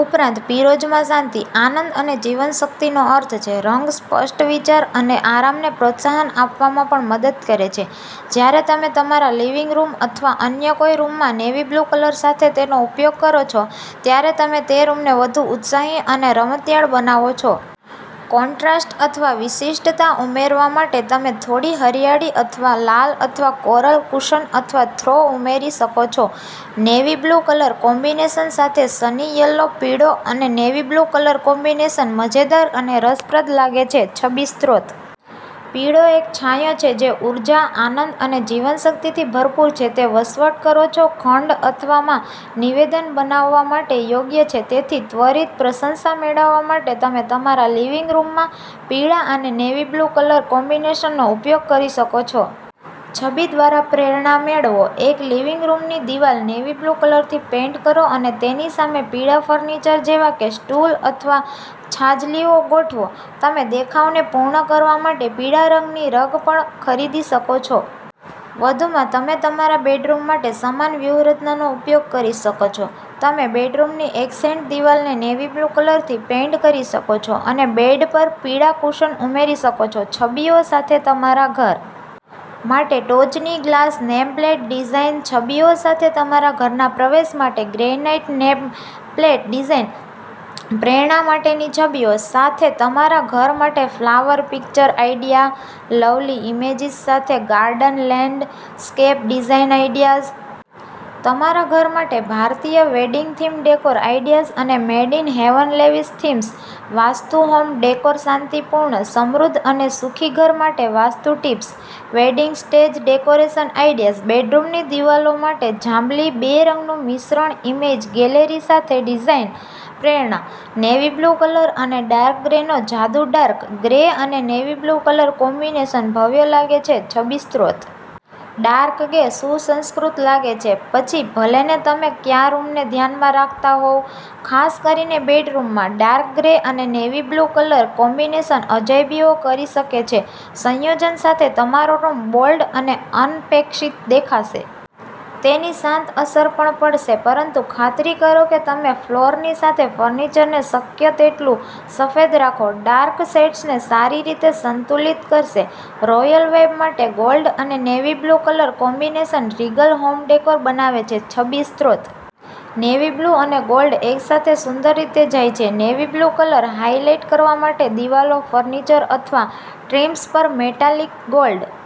ઉપરાંત, પીરોજમાં શાંતિ, આનંદ અને જીવનશક્તિનો અર્થ છે. રંગ સ્પષ્ટ વિચાર અને આરામને પ્રોત્સાહન આપવામાં પણ મદદ કરે છે. જ્યારે તમે તમારા લિવિંગ રૂમ અથવા અન્ય કોઈ રૂમમાં નેવી-બ્લુ કલર સાથે તેનો ઉપયોગ કરો છો, ત્યારે તમે તે રૂમને વધુ ઉત્સાહી અને રમતિયાળ બનાવો છો. કોન્ટ્રાસ્ટ અથવા વિશિષ્ટતા ઉમેરવા માટે, તમે થોડી હરિયાળી અથવા લાલ અથવા કોરલ કુશન અથવા થ્રો ઉમેરી શકો છો. નેવી બ્લુ કલર કોમ્બિનેશન સાથે સની યલો પીળો અને નેવી-બ્લુ કલર કોમ્બિનેશન મજેદાર અને રસપ્રદ લાગે છે છબી સ્ત્રોત. પીળો એક છાંયો છે જે ઊર્જા, આનંદ અને જીવનશક્તિથી ભરપૂર છે. તે વસવાટ કરો છો ખંડ અથવા માં નિવેદન બનાવવા માટે યોગ્ય છે. તેથી, ત્વરિત પ્રશંસા મેળવવા માટે તમે તમારા લિવિંગ રૂમમાં પીળા અને નેવી-બ્લુ કલર કોમ્બિનેશનનો ઉપયોગ કરી શકો છો. છબી દ્વારા પ્રેરણા મેળવો. એક લિવિંગ રૂમની દીવાલ નેવી-બ્લુ કલરથી પેઈન્ટ કરો અને તેની સામે પીળા ફર્નિચર જેવા કે સ્ટૂલ અથવા છાજલીઓ ગોઠવો. તમે દેખાવને પૂર્ણ કરવા માટે પીળા રંગની રગ પણ ખરીદી શકો છો. વધુમાં, તમે તમારા બેડરૂમ માટે સમાન વ્યૂહરચનાનો ઉપયોગ કરી શકો છો. તમે બેડરૂમની એક્સેન્ટ દિવાલને નેવી-બ્લુ કલરથી પેઇન્ટ કરી શકો છો અને બેડ પર પીળા કુશન ઉમેરી શકો છો. છબીઓ સાથે તમારા ઘર માટે ટોચની ગ્લાસ નેમ પ્લેટ ડિઝાઇન, છબીઓ સાથે તમારા ઘરના પ્રવેશ માટે ગ્રેનાઈટ નેમ પ્લેટ ડિઝાઇન, પ્રેરણા માટેની છબીઓ સાથે તમારા ઘર માટે flower picture idea, lovely images સાથે ગાર્ડન લેન્ડસ્કેપ ડીઝાઈન આઈડિયાઝ, તમારા ઘર માટે ભારતીય વેડિંગ થીમ ડેકોર આઈડિયાઝ અને made in heaven lavish themes, vastu home ડેકોરશાંતિપૂર્ણ, સમૃદ્ધ અને સુખી ઘર માટે vastu tips, wedding stage decoration ideas, બેડરૂમની દિવાલો માટે જાંબલી બે રંગનું મિશ્રણઇમેજ ગેલેરી સાથે ડિઝાઇન પ્રેરણા, નેવી-બ્લુ કલર અને ડાર્ક ગ્રેનો જાદુ ડાર્ક ગ્રે અને નેવી-બ્લુ કલર કોમ્બિનેશન ભવ્ય લાગે છે છબી સ્ત્રોત. ડાર્ક ગ્રે સુસંસ્કૃત લાગે છે, પછી ભલેને તમે કયા રૂમને ધ્યાનમાં રાખતા હોવ. ખાસ કરીને બેડરૂમમાં, ડાર્ક ગ્રે અને નેવી-બ્લુ કલર કોમ્બિનેશન અજાયબીઓ કરી શકે છે. સંયોજન સાથે, તમારો રૂમ બોલ્ડ અને અનપેક્ષિત દેખાશે. તેની શાંત અસર પણ પડશે. પરંતુ ખાતરી કરો કે તમે ફ્લોરની સાથે ફર્નિચરને શક્ય તેટલું સફેદ રાખો. ડાર્ક શેડ્સને સારી રીતે સંતુલિત કરશે. રોયલ વાઇબ માટે ગોલ્ડ અને navy blue colour combination regal home decor બનાવે છે છબી સ્ત્રોત. નેવી-બ્લુ અને ગોલ્ડ એક સાથે સુંદર રીતે જાય છે. નેવી-બ્લુ કલર હાઇલાઇટ કરવા માટે દિવાલો, ફર્નિચર અથવા ટ્રીમ્સ પર મેટાલિક ગોલ્ડ